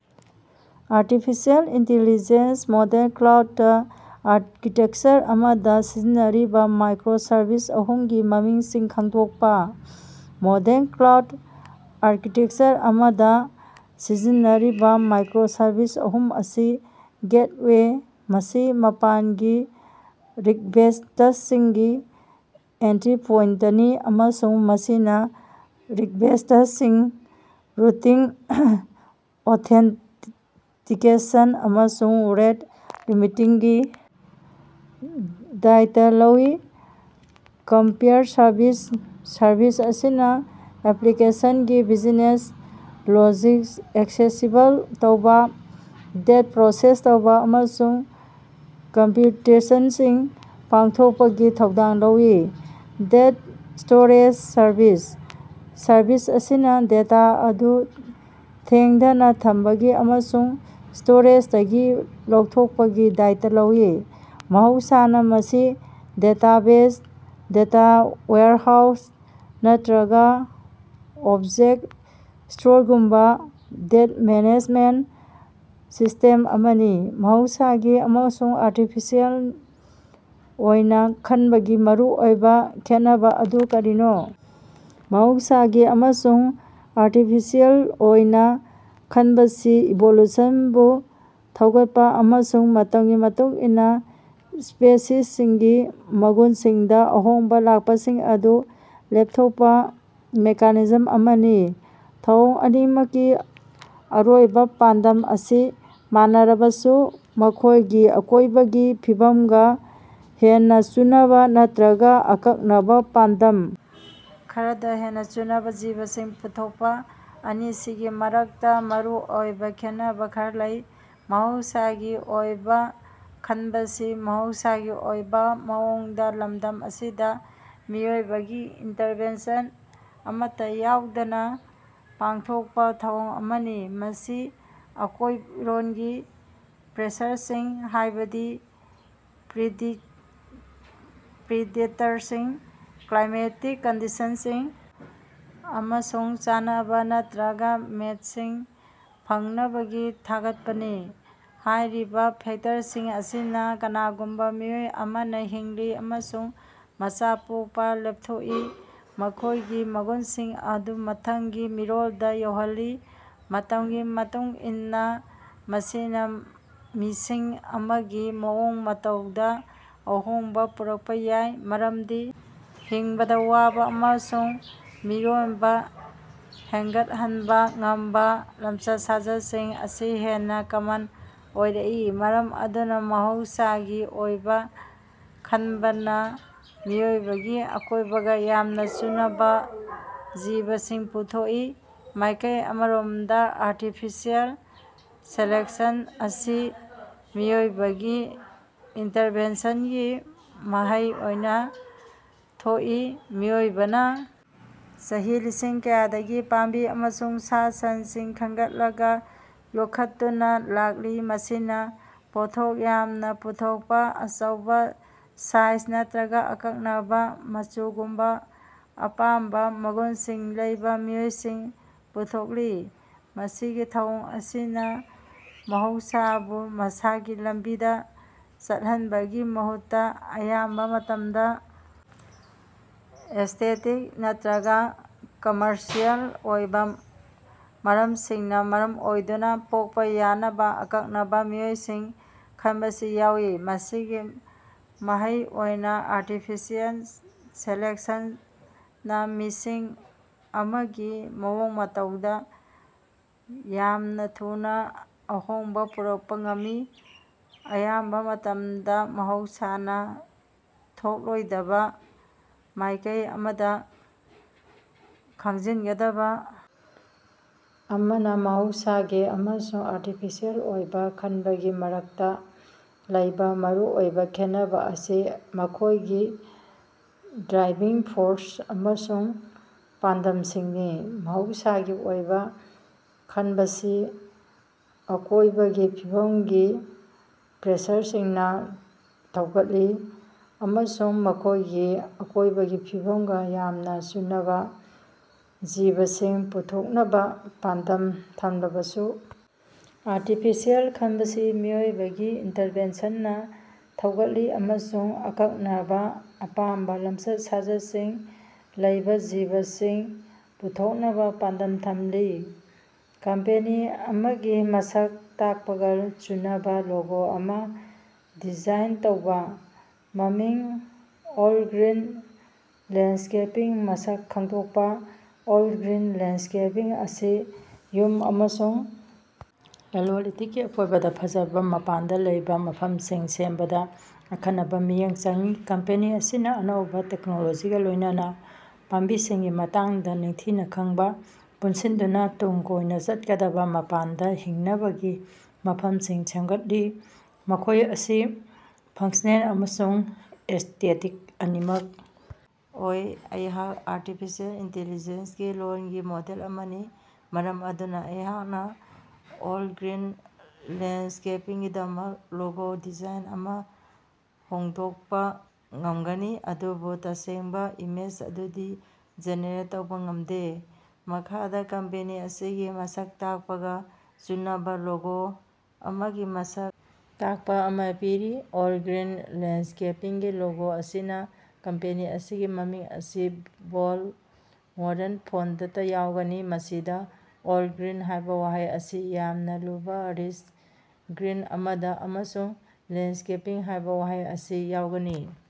Artificial intelligence model cloud architecture ꯑꯃꯗ ꯁꯤꯖꯤꯟꯅꯔꯤꯕ microservice ꯑꯍꯨꯝꯒꯤ ꯃꯃꯤꯡꯁꯤꯡ ꯈꯪꯗꯣꯛꯄ꯫ ꯃꯣꯗꯦꯜ ꯀ꯭ꯂꯥꯎꯗ ꯑꯥꯔꯀꯤꯇꯦꯛꯆꯔ ꯑꯃꯗ ꯁꯤꯖꯤꯟꯅꯔꯤꯕ ꯃꯥꯏꯀ꯭ꯔꯣ-ꯁꯔꯚꯤꯁ ꯑꯍꯨꯝ ꯑꯁꯤ: ꯒꯦꯠꯋꯦ: ꯃꯁꯤ ꯃꯄꯥꯟꯒꯤ ꯔꯤꯛꯕꯦꯁ꯭ꯇꯁꯤꯡꯒꯤ ꯑꯦꯟꯇ꯭ꯔꯤ ꯄꯣꯏꯟꯇꯅꯤ ꯑꯃꯁꯨꯡ ꯃꯁꯤꯅ ꯔꯤꯛꯕꯦꯁꯇꯁꯤꯡ ꯔꯨꯇꯤꯡ, ꯑꯣꯊꯦꯟꯇꯤꯀꯦꯁꯟ, ꯑꯃꯁꯨꯡ ꯔꯦꯠ ꯂꯤꯃꯤꯇꯤꯡꯒꯤ ꯗꯥꯏꯇ ꯂꯧꯏ꯫ ꯀꯝꯄ꯭ꯌꯨꯠ ꯁꯔꯚꯤꯁ: ꯁꯔꯚꯤꯁ ꯑꯁꯤꯅ ꯑꯦꯄ꯭ꯂꯤꯀꯦꯁꯟꯒꯤ ꯕꯤꯖꯤꯅꯦꯁ ꯂꯣꯖꯤꯛ ꯑꯦꯛꯁꯦꯁꯤꯕꯜ ꯇꯧꯕ, ꯗꯦꯠ ꯄ꯭ꯔꯣꯁꯦꯁ ꯇꯧꯕ ꯑꯃꯁꯨꯡ ꯀꯝꯄ꯭ꯌꯨꯇꯦꯁꯟꯁꯤꯡ ꯄꯥꯡꯊꯣꯛꯄꯒꯤ ꯊꯧꯗꯥꯡ ꯂꯧꯏ꯫ ꯗꯦꯇꯥ ꯁ꯭ꯇꯣꯔꯦꯖ ꯁꯔꯚꯤꯁ: ꯁꯔꯚꯤꯁ ꯑꯁꯤꯅ ꯗꯦꯇꯥ ꯑꯗꯨ ꯂꯦꯡꯗꯅ ꯊꯝꯕꯒꯤ ꯑꯃꯁꯨꯡ ꯁ꯭ꯇꯣꯔꯦꯖꯗꯒꯤ ꯂꯧꯊꯣꯛꯄꯒꯤ ꯗꯥꯏꯇ ꯂꯧꯏ꯫ ꯃꯍꯧꯁꯥꯅ, ꯃꯁꯤ ꯗꯦꯇꯥꯕꯦꯖ, ꯗꯦꯇꯥ ꯋꯦꯌꯔꯍꯥꯎꯁ ꯅꯠꯇ꯭ꯔꯒ ꯑꯣꯕꯖꯦꯛꯇ ꯁ꯭ꯇꯣꯔꯒꯨꯝꯕ ꯗꯦꯠ ꯃꯦꯅꯦꯖꯃꯦꯟꯇ ꯁꯤꯁ꯭ꯇꯦꯝ ꯑꯃꯅꯤ꯫ ꯃꯍꯧꯁꯥꯒꯤ ꯑꯃꯁꯨꯡ ꯑꯥꯔꯇꯤꯐꯤꯁꯤꯑꯦꯜ ꯑꯣꯏꯅꯥ ꯈꯟꯕꯒꯤ ꯃꯔꯨꯑꯣꯏꯕ ꯈꯦꯠꯅꯕ ꯑꯗꯨ ꯀꯔꯤꯅꯣ? ꯃꯍꯧꯁꯥꯒꯤ ꯑꯃꯁꯨꯡ ꯑꯥꯔꯇꯤꯐꯤꯁꯤꯑꯦꯜ ꯑꯣꯏꯅ ꯈꯟꯕꯁꯤ ꯏꯚꯣꯂꯨꯁꯟꯕꯨ ꯊꯧꯒꯠꯄ ꯑꯃꯁꯨꯡ ꯃꯇꯝꯒꯤ ꯃꯇꯨꯡ ꯏꯟꯅ ꯁ꯭ꯄꯦꯁꯤꯁꯁꯤꯡꯒꯤ ꯃꯒꯨꯟꯁꯤꯡꯗ ꯑꯍꯣꯡꯕ ꯂꯥꯛꯄꯁꯤꯡ ꯑꯗꯨ ꯂꯦꯞꯊꯣꯛꯄ ꯃꯦꯀꯥꯅꯤꯖꯝ ꯑꯃꯅꯤ꯫ ꯊꯧꯑꯣꯡ ꯑꯅꯤꯃꯛꯀꯤ ꯑꯔꯣꯏꯕ ꯄꯥꯟꯗꯝ ꯑꯁꯤ ꯃꯥꯟꯅꯔꯕꯁꯨ ꯃꯈꯣꯏꯒꯤ ꯑꯀꯣꯏꯕꯒꯤ ꯐꯤꯕꯝꯒ ꯍꯦꯟꯅ ꯆꯨꯅꯕ ꯅꯠꯇ꯭ꯔꯒ ꯑꯀꯛꯅꯕ ꯄꯥꯟꯗꯝ ꯈꯔꯗ ꯍꯦꯟꯅ ꯆꯨꯅꯕ ꯖꯤꯕꯁꯤꯡ ꯄꯨꯊꯣꯛꯄ ꯑꯅꯤꯁꯤꯒꯤ ꯃꯔꯛꯇ ꯃꯔꯨꯑꯣꯏꯕ ꯈꯦꯠꯅꯕ ꯈꯔ ꯂꯩ꯫ ꯃꯍꯧꯁꯥꯒꯤ ꯑꯣꯏꯕꯥ ꯈꯟꯕꯁꯤ ꯃꯍꯧꯁꯥꯒꯤ ꯑꯣꯏꯕ ꯃꯑꯣꯡꯗ ꯂꯝꯗꯝ ꯑꯁꯤꯗ, ꯃꯤꯑꯣꯏꯕꯒꯤ ꯏꯟꯇꯔꯚꯦꯟꯁꯟ ꯑꯃꯠꯇ ꯌꯥꯎꯗꯅ ꯄꯥꯡꯊꯣꯛꯄ ꯊꯧꯑꯣꯡ ꯑꯃꯅꯤ꯫ ꯃꯁꯤ ꯑꯀꯣꯏꯔꯣꯟꯒꯤ ꯄ꯭ꯔꯦꯁꯔꯁꯤꯡ, ꯍꯥꯏꯕꯗꯤ ꯄ꯭ꯔꯤꯗꯦꯇꯔꯁꯤꯡ, ꯀ꯭ꯂꯥꯏꯃꯦꯇꯤꯛ ꯀꯟꯗꯤꯁꯟꯁꯤꯡ, ꯑꯃꯁꯨꯡ ꯆꯥꯅꯕꯥ ꯅꯠꯇꯔꯒꯥ ꯃꯦꯠꯁꯤꯡ ꯐꯪꯅꯥꯕ ꯊꯧꯒꯠꯄꯅꯤ꯫ ꯍꯥꯏꯔꯤꯕ ꯐꯦꯛꯇꯔꯁꯤꯡ ꯑꯁꯤꯅ ꯀꯅꯥꯒꯨꯝꯕ ꯃꯤꯑꯣꯏ ꯑꯃꯅ ꯍꯤꯡꯂꯤ ꯑꯃꯁꯨꯡ ꯃꯆꯥ ꯄꯣꯛꯄ ꯂꯦꯞꯊꯣꯛꯏ, ꯃꯈꯣꯏꯒꯤ ꯃꯒꯨꯟꯁꯤꯡ ꯑꯗꯨ ꯃꯊꯪꯒꯤ ꯃꯤꯔꯣꯜꯗ ꯌꯧꯍꯜꯂꯤ꯫ ꯃꯇꯝꯒꯤ ꯃꯇꯨꯡꯏꯟꯅ, ꯃꯁꯤꯅꯥ ꯃꯤꯁꯤꯡ ꯑꯃꯒꯤ ꯃꯑꯣꯡ-ꯃꯇꯧꯗ ꯑꯍꯣꯡꯕ ꯄꯨꯔꯛꯄꯥ ꯌꯥꯏ, ꯃꯔꯝꯗꯤ ꯍꯤꯡꯕꯗ ꯋꯥꯕ ꯑꯃꯁꯨꯡ ꯃꯤꯔꯣꯟꯕ ꯍꯦꯟꯒꯠꯍꯟꯕ ꯉꯝꯕ ꯂꯝꯆꯠ-ꯁꯥꯖꯠꯁꯤꯡ ꯑꯁꯤ ꯍꯦꯟꯅ ꯀꯃꯟ ꯑꯣꯏꯔꯛꯏ꯫ ꯃꯔꯝ ꯑꯗꯨꯅ ꯃꯍꯧꯁꯥꯒꯤ ꯑꯣꯏꯕ ꯈꯟꯕꯅ ꯃꯤꯑꯣꯏꯕꯒꯤ ꯑꯀꯣꯏꯕꯒ ꯌꯥꯝꯅ ꯆꯨꯅꯕ ꯖꯤꯕꯁꯤꯡ ꯄꯨꯊꯣꯛꯏ꯫ ꯃꯥꯏꯀꯩ ꯑꯃꯔꯣꯝꯗ ꯑꯥꯔꯇꯤꯐꯤꯁꯤꯑꯦꯜ ꯁꯦꯂꯦꯛꯁꯟ ꯑꯁꯤ ꯃꯤꯑꯣꯏꯕꯒꯤ ꯏꯟꯇꯔꯚꯦꯟꯁꯟꯒꯤ ꯃꯍꯩ ꯑꯣꯏꯅ ꯊꯣꯛꯏ꯫ ꯃꯤꯑꯣꯏꯕꯅ ꯆꯍꯤ ꯂꯤꯁꯤꯡ ꯀꯌꯥꯗꯒꯤ ꯄꯥꯝꯕꯤ ꯑꯃꯁꯨꯡ ꯁꯥ-ꯁꯟꯁꯤꯡ ꯈꯟꯒꯠꯂꯒ ꯌꯣꯛꯈꯠꯇꯨꯅ ꯂꯥꯛꯂꯤ, ꯃꯁꯤꯅ ꯄꯣꯠꯊꯣꯛ ꯌꯥꯝꯅꯥ ꯄꯨꯊꯣꯛꯄꯥ, ꯑꯆꯧꯕꯥ ꯁꯥꯏꯖ ꯅꯠꯇꯔꯒꯥ ꯑꯀꯛꯅꯕꯥ ꯃꯆꯨꯒꯨꯝꯕ ꯑꯄꯥꯝꯕ ꯃꯒꯨꯟꯁꯤꯡ ꯂꯩꯕ ꯃꯤꯑꯣꯏꯁꯤꯡ ꯄꯨꯊꯣꯛꯂꯤ꯫ ꯃꯁꯤꯒꯤ ꯊꯧꯑꯣꯡ ꯑꯁꯤꯅ ꯃꯍꯧꯁꯥꯕꯨ ꯃꯁꯥꯒꯤ ꯂꯝꯕꯤꯗꯥ ꯆꯠꯍꯟꯕꯒꯤ ꯃꯍꯨꯠꯇ, ꯑꯌꯥꯝꯕ ꯃꯇꯝꯗ ꯑꯦꯁ꯭ꯇꯦꯇꯤꯛ ꯅꯠꯇ꯭ꯔꯒ ꯀꯝꯃꯔꯁꯤꯑꯦꯜ ꯑꯣꯏꯕ ꯃꯔꯝꯁꯤꯡꯅ ꯃꯔꯝ ꯑꯣꯏꯗꯨꯅ, ꯄꯣꯛꯄ ꯌꯥꯅꯕ ꯑꯀꯛꯅꯕ ꯃꯤꯑꯣꯏꯁꯤꯡ ꯈꯟꯕꯁꯤ ꯌꯥꯎꯏ꯫ ꯃꯁꯤꯒꯤ ꯃꯍꯩ ꯑꯣꯏꯅ, ꯑꯥꯔꯇꯤꯐꯤꯁꯤꯑꯦꯜ ꯁꯦꯂꯦꯛꯁꯟꯅ ꯃꯤꯁꯤꯡ ꯑꯃꯒꯤ ꯃꯑꯣꯡ-ꯃꯇꯧꯗ ꯌꯥꯝꯅ ꯊꯨꯅ ꯑꯍꯣꯡꯕ ꯄꯨꯔꯛꯄ ꯉꯝꯃꯤ, ꯑꯌꯥꯝꯕ ꯃꯇꯝꯗ ꯃꯍꯧꯁꯥꯅ ꯊꯣꯛꯂꯣꯏꯗꯕ ꯃꯥꯏꯀꯩ ꯑꯃꯗ꯫ ꯈꯪꯖꯤꯟꯒꯗꯕ ꯑꯃꯅꯥ, ꯃꯍꯧꯁꯥꯒꯤ ꯑꯃꯁꯨꯡ ꯑꯥꯔꯇꯤꯐꯤꯁꯤꯑꯦꯜ ꯑꯣꯏꯕ ꯈꯟꯕꯒꯤ ꯃꯔꯛꯇ ꯂꯩꯕ ꯃꯔꯨꯑꯣꯏꯕ ꯈꯦꯠꯅꯕ ꯑꯁꯤ ꯃꯈꯣꯏꯒꯤ ꯗ꯭ꯔꯥꯏꯚꯤꯡ ꯐꯣꯔꯁ ꯑꯃꯁꯨꯡ ꯄꯥꯟꯗꯝꯁꯤꯡꯅꯤ꯫ ꯃꯍꯧꯁꯥꯒꯤ ꯑꯣꯏꯕ ꯈꯟꯕꯁꯤ ꯑꯀꯣꯏꯕꯒꯤ ꯐꯤꯕꯝꯒꯤ ꯄ꯭ꯔꯦꯁꯔꯁꯤꯡꯅ ꯊꯧꯒꯠꯂꯤ ꯑꯃꯁꯨꯡ ꯃꯈꯣꯏꯒꯤ ꯑꯀꯣꯏꯕꯒꯤ ꯐꯤꯕꯝꯒ ꯌꯥꯝꯅ ꯆꯨꯅꯕ ꯖꯤꯕꯁꯤꯡ ꯄꯨꯊꯣꯛꯅꯕ ꯄꯥꯟꯗꯝ ꯊꯝꯂꯕꯁꯨ, ꯑꯥꯔꯇꯤꯐꯤꯁꯤꯑꯦꯜ ꯈꯟꯕꯁꯤ ꯃꯤꯑꯣꯏꯕꯒꯤ ꯏꯟꯇꯔꯚꯦꯟꯁꯟꯅ ꯊꯧꯒꯠꯂꯤ ꯑꯃꯁꯨꯡ ꯑꯀꯛꯅꯕ, ꯑꯄꯥꯝꯕ ꯂꯝꯆꯠ-ꯁꯥꯖꯠꯁꯤꯡ ꯂꯩꯕ ꯖꯤꯕꯁꯤꯡ ꯄꯨꯊꯣꯛꯅꯕ ꯄꯥꯟꯗꯝ ꯊꯝꯂꯤ꯫ ꯀꯝꯄꯦꯅꯤ ꯑꯃꯒꯤ ꯃꯁꯛ ꯇꯥꯛꯄꯒ ꯆꯨꯅꯕꯥ ꯂꯣꯒꯣ ꯑꯃ ꯗꯤꯖꯥꯏꯟ ꯇꯧꯕ꯫ ꯃꯃꯤꯡ: ꯑꯣꯜ-ꯒ꯭ꯔꯤꯟ ꯂꯦꯟꯗꯁ꯭ꯀꯦꯄꯤꯡ ꯃꯁꯛ ꯈꯪꯗꯣꯛꯄ: ꯑꯣꯜ-ꯒ꯭ꯔꯤꯟ ꯂꯦꯟꯗꯁ꯭ꯀꯦꯄꯤꯡ ꯑꯁꯤ ꯌꯨꯝ ꯑꯃꯁꯨꯡ ꯂꯂꯣꯟ-ꯏꯇꯤꯛꯀꯤ ꯑꯀꯣꯏꯕꯗ ꯐꯖꯔꯕ ꯃꯄꯥꯟꯗ ꯂꯩꯕ ꯃꯐꯝꯁꯤꯡ ꯁꯦꯝꯕꯗ ꯑꯈꯟꯅꯕ ꯃꯤꯠꯌꯦꯡ ꯆꯪꯏ꯫ ꯀꯝꯄꯦꯅꯤ ꯑꯁꯤꯅ ꯑꯅꯧꯕ ꯇꯦꯛꯅꯣꯂꯣꯖꯤꯒꯥ ꯂꯣꯏꯅꯅ ꯄꯥꯝꯕꯤꯁꯤꯡꯒꯤ ꯃꯇꯥꯡꯗ ꯅꯤꯡꯊꯤꯅ ꯈꯪꯕꯥ ꯄꯨꯟꯁꯤꯟꯗꯨꯅ ꯇꯨꯡ ꯀꯣꯏꯅ ꯆꯠꯀꯗꯕ ꯃꯄꯥꯟꯗ ꯍꯤꯡꯅꯕꯒꯤ ꯃꯐꯝꯁꯤꯡ ꯁꯦꯝꯒꯠꯂꯤ, ꯃꯈꯣꯏ ꯑꯁꯤ ꯐꯪꯁ꯭ꯅꯦꯜ ꯑꯃꯁꯨꯡ ꯑꯦꯁ꯭ꯇꯦꯇꯤꯛ ꯑꯅꯤꯃꯛ ꯑꯣꯏ꯫ ꯑꯩꯍꯥꯛ ꯑꯥꯔꯇꯤꯐꯤꯁꯥꯑꯦꯜ ꯏꯟꯇꯤꯂꯤꯖꯦꯟꯁꯒꯤ ꯂꯣꯜꯒꯤ ꯃꯣꯗꯦꯜ ꯑꯃꯅꯤ, ꯃꯔꯝ ꯑꯗꯨꯅ ꯑꯩꯍꯥꯛꯅ ꯑꯣꯜ-ꯒ꯭ꯔꯤꯟ ꯂꯦꯟꯗꯁ꯭ꯀꯦꯄꯤꯡꯒꯤꯗꯃꯛ ꯂꯣꯒꯣ ꯗꯤꯖꯥꯏꯟ ꯑꯃꯥ ꯐꯣꯡꯗꯣꯛꯄ ꯉꯝꯒꯅꯤ, ꯑꯗꯨꯕꯨ ꯇꯁꯦꯡꯕ ꯏꯃꯦꯖ ꯑꯗꯨꯗꯤ ꯖꯦꯅꯦꯔꯦꯠ ꯇꯧꯕ ꯉꯝꯗꯦ꯫ ꯃꯈꯥꯗ ꯀꯝꯄꯦꯅꯤ ꯑꯁꯤꯒꯤ ꯃꯁꯛ ꯇꯥꯛꯄꯒ ꯆꯨꯅꯕ ꯂꯣꯒꯣ ꯑꯃꯒꯤ ꯃꯁꯛ ꯇꯥꯛꯄꯥ ꯑꯃꯥ ꯄꯤꯔꯤ: ꯑꯣꯜ-ꯒ꯭ꯔꯤꯟ ꯂꯦꯟꯗꯁ꯭ꯀꯦꯄꯤꯡꯒꯤ ꯂꯣꯒꯣ ꯑꯁꯤꯅꯥ ꯀꯝꯄꯦꯅꯤ ꯑꯁꯤꯒꯤ ꯃꯃꯤꯡ ꯑꯁꯤ ꯕꯣꯜꯗ, ꯃꯣꯗꯔꯟ ꯐꯣꯟꯇꯇ ꯌꯥꯎꯒꯅꯤ, ꯃꯁꯤꯗ "ꯑꯣꯜ-ꯒ꯭ꯔꯤꯟ" ꯍꯥꯏꯕ ꯋꯥꯍꯩ ꯑꯁꯤ ꯌꯥꯝꯅ ꯂꯨꯕ, ꯔꯤꯆ ꯒ꯭ꯔꯤꯟ ꯑꯃꯗ ꯑꯃꯁꯨꯡ "ꯂꯦꯟꯗꯁ꯭ꯀꯦꯄꯤꯡ" ꯍꯥꯏꯕ ꯋꯥꯍꯩ ꯑꯁꯤ ꯌꯥꯎꯒꯅꯤ꯫